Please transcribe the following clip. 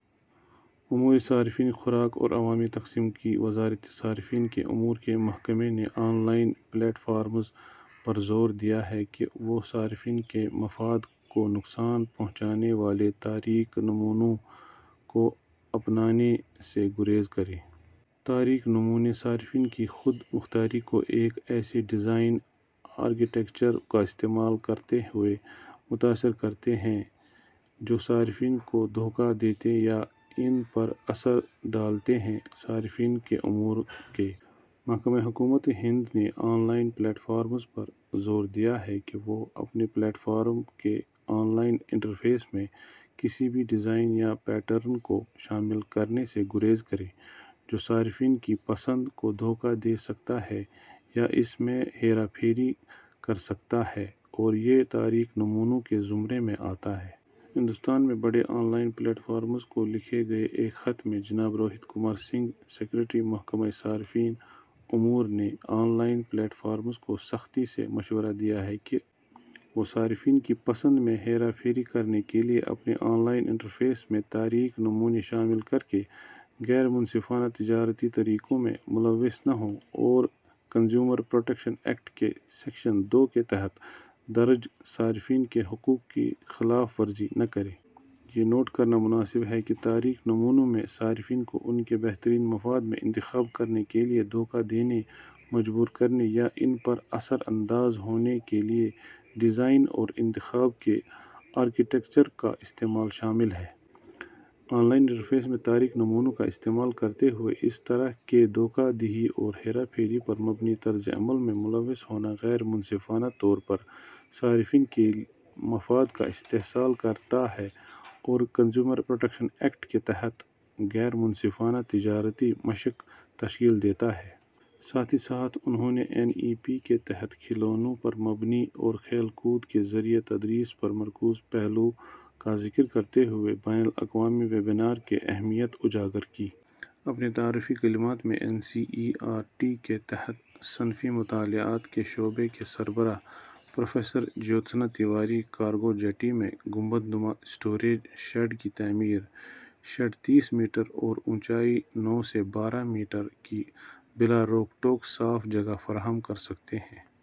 امور صارفین، خوراک اور عوامی تقسیم کی وزارت، صارفین کے امور کے محکمے نے آن لائن پلیٹ فارمز پر زور دیا ہے کہ وہ صارفین کے مفاد کو نقصان پہنچانے والے ’تاریک نمونوں‘ کو اپنانے سے گریز کریں۔ تاریک نمونے صارفین کی خود مختاری کو ایک ایسے ڈیزائن آرکیٹیکچر کا استعمال کرتے ہوئے متاثر کرتے ہیں، جو صارفین کو دھوکا دیتے یا ان پر اثر ڈالتے ہیں۔ صارفین کے امور کے محکمے، حکومت ہند نے آن لائن پلیٹ فارمز پر زور دیا ہے کہ وہ اپنے پلیٹ فارم کے آن لائن انٹرفیس میں کسی بھی ڈیزائن یا پیٹرن کو شامل کرنے سے گریز کریں، جو صارفین کی پسند کو دھوکا دے سکتا ہے یا اس میں ہیرا پھیری کر سکتا ہے اور یہ تاریک نمونوں کے زمرے میں آتا ہے۔ ہندوستان میں بڑے آن لائن پلیٹ فارمز کو لکھے گئے ایک خط میں جناب روہت کمار سنگھ، سکریٹری، محکمہ صارفین امور نے آن لائن پلیٹ فارمز کو سختی سے مشورہ دیا ہے کہ وہ صارفین کی پسند میں ہیرا پھیری کرنے کے لیے اپنے آن لائن انٹرفیس میں تاریک نمونے شامل کرکے ’غیر منصفانہ تجارتی طریقوں‘ میں ملوث نہ ہوں اور کنزیومر پروٹیکشن ایکٹ کے سیکشن دو کے تحت درج ’صارفین کے حقوق‘ کی خلاف ورزی نہ کریں۔ یہ نوٹ کرنا مناسب ہے کہ تاریک نمونوں میں صارفین کو ان کے بہترین مفاد میں انتخاب کرنے کے لیے دھوکا دینے، مجبور کرنے یا ان پر اثر انداز ہونے کے لیے ڈیزائن اور انتخاب کے آرکیٹیکچر کا استعمال شامل ہے۔ آن لائن انٹرفیس میں تاریک نمونوں کا استعمال کرتے ہوئے اس طرح کے دھوکا دہی اور ہیرا پھیری پر مبنی طرز عمل میں ملوث ہونا غیر منصفانہ طور پر صارفین کے مفاد کا استحصال کرتا ہے اور کنزیومر پروٹیکشن ایکٹ کے تحت ’غیر منصفانہ تجارتی مشق‘ تشکیل دیتا ہے۔ ساتھ ہی ساتھ انہوں نے این ای پی کے تحت کھلونوں پر مبنی اور کھیل کود کے ذریعے تدریس پر مرکوز پہلو کا ذکر کرتے ہوئے بین الاقوامی ویبینار کی اہمیت اجاگر کی۔ اپنے تعارفی کلمات میں N C E R T کے تحت صنفی مطالعات کے شعبے کے سربراہ professor Jyotsna Tiwari. Cargo jetty میں گنبد نما اسٹوریج شیڈ کی تعمیر۔ شیڈ تیس میٹر اور اونچائی نو سے بارہ میٹر کی بلا روک ٹوک صاف جگہ فراہم کر سکتے ہیں۔